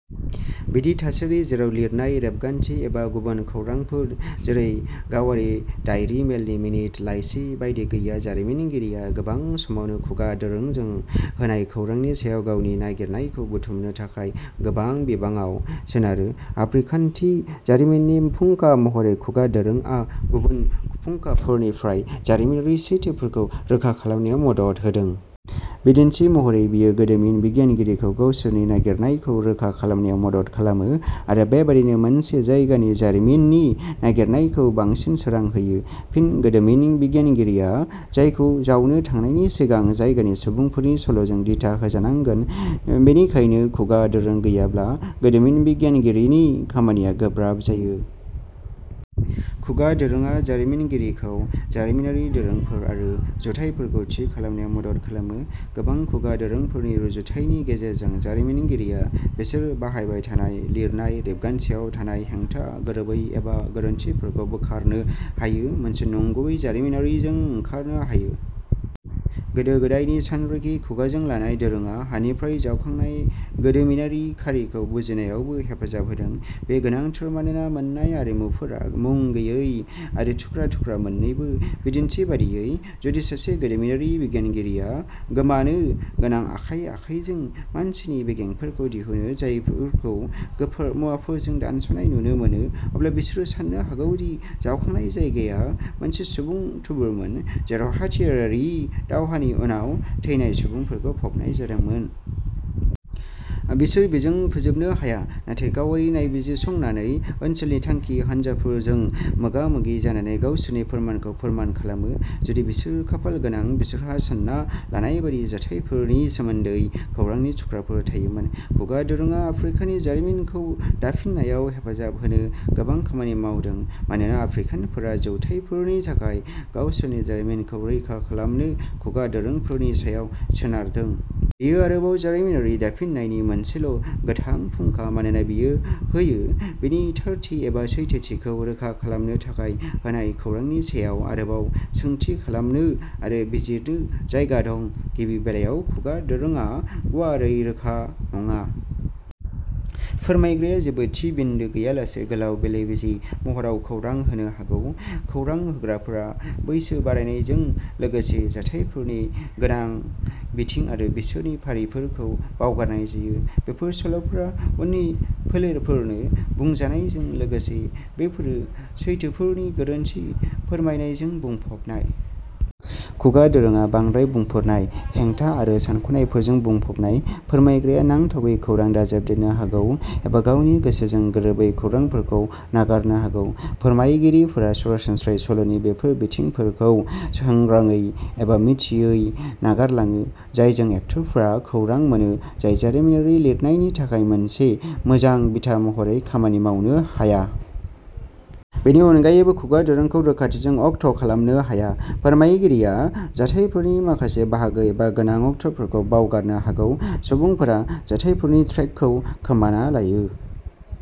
बिदि थासारि जेराव लिरनाय रेबगान्थि एबा गुबुन खौरांफोर जेरै गावारि दाइरि मेलनि मिनित लाइसि बायदि गैया जारिमिनगिरिया गोबां समावनो खुगा दोरोंजों होनाय खौरांनि सायाव गावनि नागिरनायखौ बुथुमनो थाखाय गोबां बिबाङाव सोनारो। आफ्रिकानथि जारिमिननि फुंखा महरै खुगा दोरोंआ गुबुन फुंखाफोरनिफ्राय जारिमिनारि सैथोफोरखौ रोखा खालामनायाव मदद होदों। बिदिन्थि महरै बेयो गोदोमिन बिगियानगिरिखौ गावसोरनि नागिरनायखौ रोखा खालामनायाव मदद खालामो आरो बेबादिनो मोनसे जायगानि जारिमिननि नागिरनायखौ बांसिन सोरां होयो। फिन गोदोमिन बिगियानगिरिया जायगाखौ जावनो थांनायनि सिगां जायगानि सुबुंफोरनि सल'जों दिथा होजानांगोन। बेनिखायनो खुगा दोरों गैयाब्ला गोदोमिन बिगियानगिरिनि खामानिया गोब्राब जायो। खुगा दोरोंआ जारिमिनगिरिखौ जारिमिनारि दोरोंफोर आरो जाथायफोरखौ थि खालामनायाव मदद खालामो। गोबां खुगा दोरोंफोरनि रुजुथायनि गेजेरजों जारिमिनगिरिया बिसोर बाहायबाय थानाय लिरनाय रेबगान्थियाव थानाय हेंथा गोरोबै एबा गोरोन्थिफोरखौ बोखारनो हायो मोनसे नंगुबै जारिमिनारिजों ओंखारनो हायो। गोदो गोदायनि सानरिखि। खुगाजों लानाय दोरोङा हानिफ्राय जावखांनाय गोदोमिनारि खारिखौ बुजिनायावबो हेफाजाब होदों। बेयो गोनांथार मानोना मोन्नाय आरिमुफोरा मुं गैयै आरो थुख्रा थुख्रा मोन्नैबो। बिदिन्थि बायदियै जुदि सासे गोदोमिनारि बिगियानगिरिया गोमानो गोनां आखाइ आखाइजों मानसिनि बेगेंफोरखौ दिहुनो जायफोरखौ गोफार मुवाफोरजों दानस'नाय नुनो मोनो अब्ला बिसोर साननो हागौ दि जावखांनाय जायगाया मोनसे सुबुं थुबुरमोन जेराव हाथियारारि दावहानि उनाव थैनाय सुबुंफोरखौ फबनाय जादोंमोन। बिसोर बेजों फोजोबनो हाया नाथाय गावआरि नायबिजिरसंनानै, ओनसोलनि थांखि हानजाफोरजों मोगा मोगि जानानै गावसोरनि फोरमानखौ फोरमान खालामो। जुदि बिसोर खाफालगोनां बिसोरहा सानना लानाय बायदि जाथायफोरनि सोमोन्दै खौरांनि थुख्राफोर थायोमोन। खुगा दोरोङा आफ्रिकानि जारिमिनखौ दाफिननायाव हेफाजाब होनो गोबां खामानि मावदों मानोना आफ्रिकानफोरा जौथायफोरनि थाखाय गावसोरनि जारिमिनखौ रैखा खालामनो खुगा दोरोंफोरनि सायाव सोनारदों। बेयो आरोबाव जारिमिनारि दाफिननायनि मोनसेल'गोथां फुंखा मानोना बेयो होयो। बेनि थारथि एबा सैथोथिखौ रोखा खालामनो थाखाय होनाय खौरांनि सायाव आरोबाव सोंथि खालामनो आरो बिजिरदो जायगा दं। गिबि बेलायाव खुगा दोरोङा गुवारै रोखा नङा। फोरमायग्राया जेबो थि बिन्दो गैयालासे गोलाव बेले बेजे महराव खौरां होनो हागौ। खौरां होग्राफोरा बैसो बारायनायजों लोगोसे जाथायफोरनि गोनां बिथिं आरो बिसोरनि फारिफोरखौ बावगारनाय जायो। बेफोर सल'फोरा उननि फोलेरफोरनो बुंजानायजों लोगोसे बेफोरो सैथोफोरनि गोरोन्थि फोरमायनायजों बुंफबनाय। खुगा दोरोङा बांद्राय बुंफोरनाय हेंथा आरो सानख'नायफोरजों बुंफबनाय। फोरमायग्राया नांथावै खौरां दाजाबदेरनो हागौ एबा गावनि गोसोजों गोरोबै खौरांफोरखौ नागारनो हागौ। फोरमायगिरिफोरा सरासनस्रायै सल'नि बेफोर बिथिंफोरखौ सांग्रांयै एबा मिथियै नागारलाङो जायजों एकतरफा खौरां मोनो जाय जारिमिनारि लिरनायनि थाखाय मोनसे मोजां बिथा महरै खामानि मावनो हाया। बेनि अनगायैबो खुगा दोरोंखौ रोखाथिजों अक्ट'खालामनो हाया। फोरमायगिरिया जाथायफोरनि माखासे बाहागो एबा गोनां अक्ट'फोरखौ बावगारनो हागौ। सुबुंफोरा जाथायफोरनि ट्रेकखौ खोमाना लायो।